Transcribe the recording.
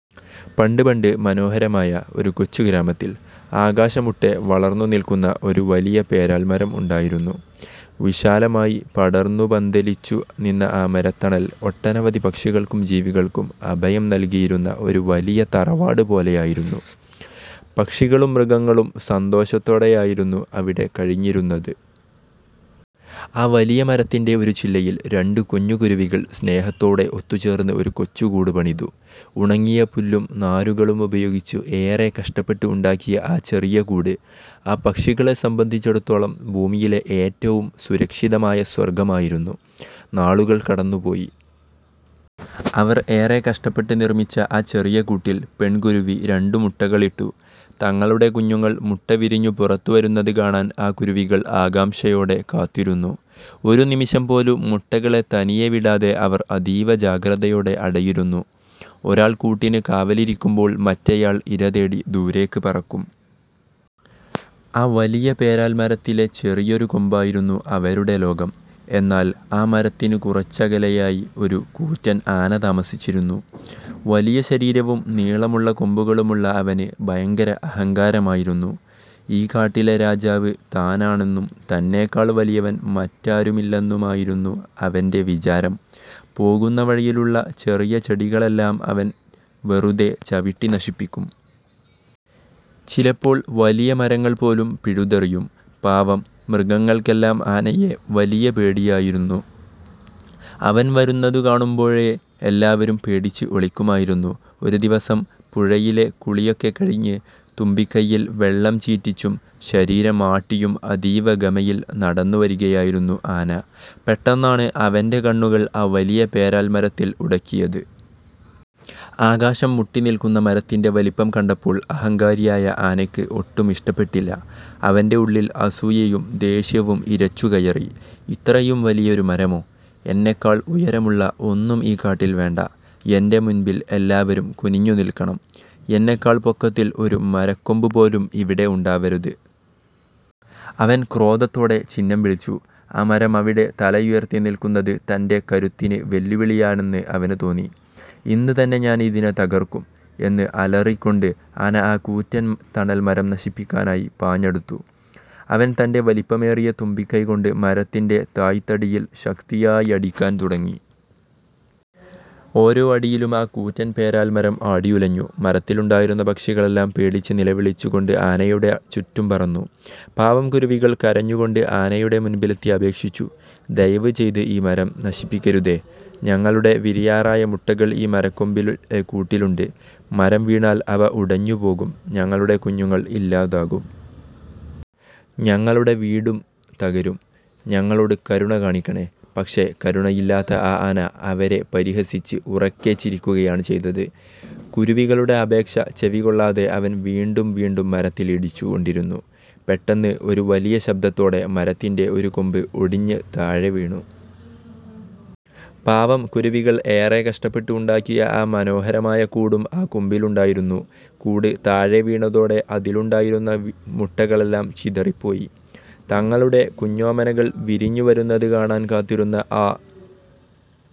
പണ്ട് പണ്ട് മനോഹരമായ ഒരു കൊച്ചു ഗ്രാമത്തിൽ, ആകാശമുട്ടേ വളർന്നു നിൽക്കുന്ന ഒരു വലിയ പേരാൽമരം ഉണ്ടായിരുന്നു. വിശാലമായി പടർന്നു പന്തലിച്ചു നിന്ന ആ മരത്തണൽ ഒട്ടനവധി പക്ഷികൾക്കും ജീവികൾക്കും അഭയം നൽകിയിരുന്ന ഒരു വലിയ തറവാട് പോലെയായിരുന്നു. പക്ഷികളും മൃഗങ്ങളും സന്തോഷത്തോടെയായിരുന്നു അവിടെ കഴിഞ്ഞിരുന്നത്. ആ വലിയ മരത്തിന്റെ ഒരു ചില്ലയിൽ, രണ്ട് കുഞ്ഞു കുരുവികൾ സ്നേഹത്തോടെ ഒത്തുചേർന്ന് ഒരു കൊച്ചു കൂട് പണിതു. ഉണങ്ങിയ പുല്ലും നാരുകളും ഉപയോഗിച്ച് ഏറെ കഷ്ടപ്പെട്ട് ഉണ്ടാക്കിയ ആ ചെറിയ കൂട് ആ പക്ഷികളെ സംബന്ധിച്ചിടത്തോളം ഭൂമിയിലെ ഏറ്റവും സുരക്ഷിതമായ സ്വർഗമായിരുന്നു. നാളുകൾ കടന്നുപോയി. അവർ ഏറെ കഷ്ടപ്പെട്ട് നിർമ്മിച്ച ആ ചെറിയ കൂട്ടിൽ പെൺകുരുവി രണ്ടു മുട്ടകളിട്ടു. തങ്ങളുടെ കുഞ്ഞുങ്ങൾ മുട്ട വിരിഞ്ഞു പുറത്തുവരുന്നത് കാണാൻ ആ കുരുവികൾ ആകാംക്ഷയോടെ കാത്തിരുന്നു. ഒരു നിമിഷം പോലും മുട്ടകളെ തനിയെ വിടാതെ അവർ അതീവ ജാഗ്രതയോടെ അടയിരുന്നു. ഒരാൾ കൂട്ടിന് കാവലിരിക്കുമ്പോൾ, മറ്റേയാൾ ഇര തേടി ദൂരേക്ക് പറക്കും. ആ വലിയ പേരാൽമരത്തിലെ ചെറിയൊരു കൊമ്പായിരുന്നു അവരുടെ ലോകം. എന്നാൽ, ആ മരത്തിന് കുറച്ചകലെയായി ഒരു കൂറ്റൻ ആന താമസിച്ചിരുന്നു. വലിയ ശരീരവും നീളമുള്ള കൊമ്പുകളുമുള്ള അവന് ഭയങ്കര അഹങ്കാരമായിരുന്നു. ഈ കാട്ടിലെ രാജാവ് താനാണെന്നും തന്നെക്കാൾ വലിയവൻ മറ്റാരുമില്ലെന്നുമായിരുന്നു അവന്റെ വിചാരം. പോകുന്ന വഴിയിലുള്ള ചെറിയ ചെടികളെല്ലാം അവൻ വെറുതെ ചവിട്ടി നശിപ്പിക്കും. ചിലപ്പോൾ വലിയ മരങ്ങൾ പോലും പിഴുതെറിയും. പാവം മൃഗങ്ങൾക്കെല്ലാം ആനയെ വലിയ പേടിയായിരുന്നു. അവൻ വരുന്നതു കാണുമ്പോഴേ എല്ലാവരും പേടിച്ച് ഒളിക്കുമായിരുന്നു. ഒരു ദിവസം പുഴയിലെ കുളിയൊക്കെ കഴിഞ്ഞ്, തുമ്പിക്കൈയിൽ വെള്ളം ചീറ്റിച്ചും ശരീരം ആട്ടിയും അതീവ ഗമയിൽ നടന്നു വരികയായിരുന്നു ആന. പെട്ടെന്നാണ് അവന്റെ കണ്ണുകൾ ആ വലിയ പേരാൽമരത്തിൽ ഉടക്കിയത്. ആകാശം മുട്ടി നിൽക്കുന്ന മരത്തിന്റെ വലിപ്പം കണ്ടപ്പോൾ അഹങ്കാരിയായ ആനയ്ക്ക് ഒട്ടും ഇഷ്ടപ്പെട്ടില്ല. അവന്റെ ഉള്ളിൽ അസൂയയും ദേഷ്യവും ഇരച്ചു കയറി. ഇത്രയും വലിയൊരു മരമോ? എന്നെക്കാൾ ഉയരമുള്ള ഒന്നും ഈ കാട്ടിൽ വേണ്ട! എന്റെ മുൻപിൽ എല്ലാവരും കുനിഞ്ഞു നിൽക്കണം. എന്നെക്കാൾ പൊക്കത്തിൽ ഒരു മരക്കൊമ്പുപോലും ഇവിടെ ഉണ്ടാവരുത്! " അവൻ ക്രോധത്തോടെ ചിന്നംവിളിച്ചു. ആ മരം അവിടെ തലയുയർത്തി നിൽക്കുന്നത് തന്റെ കരുത്തിന് വെല്ലുവിളിയാണെന്ന് അവന് തോന്നി. "ഇന്ന് തന്നെ ഞാൻ ഇതിനെ തകർക്കും! " എന്ന് അലറിക്കൊണ്ട്, ആന ആ കൂറ്റൻ തണൽമരം നശിപ്പിക്കാനായി പാഞ്ഞടുത്തു. അവൻ തന്റെ വലിപ്പമേറിയ തുമ്പിക്കൈ കൊണ്ട് മരത്തിന്റെ തായ്ത്തടിയിൽ ശക്തിയായി അടിക്കാൻ തുടങ്ങി. ഓരോ അടിയിലും ആ കൂറ്റൻ പേരാൽമരം ആടിയുലഞ്ഞു. മരത്തിലുണ്ടായിരുന്ന പക്ഷികളെല്ലാം പേടിച്ച് നിലവിളിച്ചു കൊണ്ട് ആനയുടെ ചുറ്റും പറന്നു. പാവം കുരുവികൾ കരഞ്ഞു കൊണ്ട് ആനയുടെ മുൻപിലെത്തി അപേക്ഷിച്ചു: "ദയവുചെയ്ത് ഈ മരം നശിപ്പിക്കരുതേ! ഞങ്ങളുടെ വിരിയാറായ മുട്ടകൾ ഈ മരക്കൊമ്പിലെ കൂട്ടിലുണ്ട്. മരം വീണാൽ അവ ഉടഞ്ഞുപോകും, ഞങ്ങളുടെ കുഞ്ഞുങ്ങൾ ഇല്ലാതാകും. ഞങ്ങളുടെ വീടും തകരും. ഞങ്ങളോട് കരുണ കാണിക്കണേ. " പക്ഷേ, കരുണയില്ലാത്ത ആ ആന അവരെ പരിഹസിച്ച് ഉറക്കെ ചിരിക്കുകയാണ് ചെയ്തത്. കുരുവികളുടെ അപേക്ഷ ചെവിക്കൊള്ളാതെ അവൻ വീണ്ടും വീണ്ടും മരത്തിൽ ഇടിച്ചു കൊണ്ടിരുന്നു. പെട്ടെന്ന്, ഒരു വലിയ ശബ്ദത്തോടെ മരത്തിന്റെ ഒരു കൊമ്പ് ഒടിഞ്ഞു താഴെ വീണു. പാവം കുരുവികൾ ഏറെ കഷ്ടപ്പെട്ട് ഉണ്ടാക്കിയ ആ മനോഹരമായ കൂടും ആ കൊമ്പിലുണ്ടായിരുന്നു. കൂട് താഴെ വീണതോടെ അതിലുണ്ടായിരുന്ന മുട്ടകളെല്ലാം ചിതറിപ്പോയി. തങ്ങളുടെ കുഞ്ഞോമനകൾ വിരിഞ്ഞുവരുന്നത് കാണാൻ കാത്തിരുന്ന ആ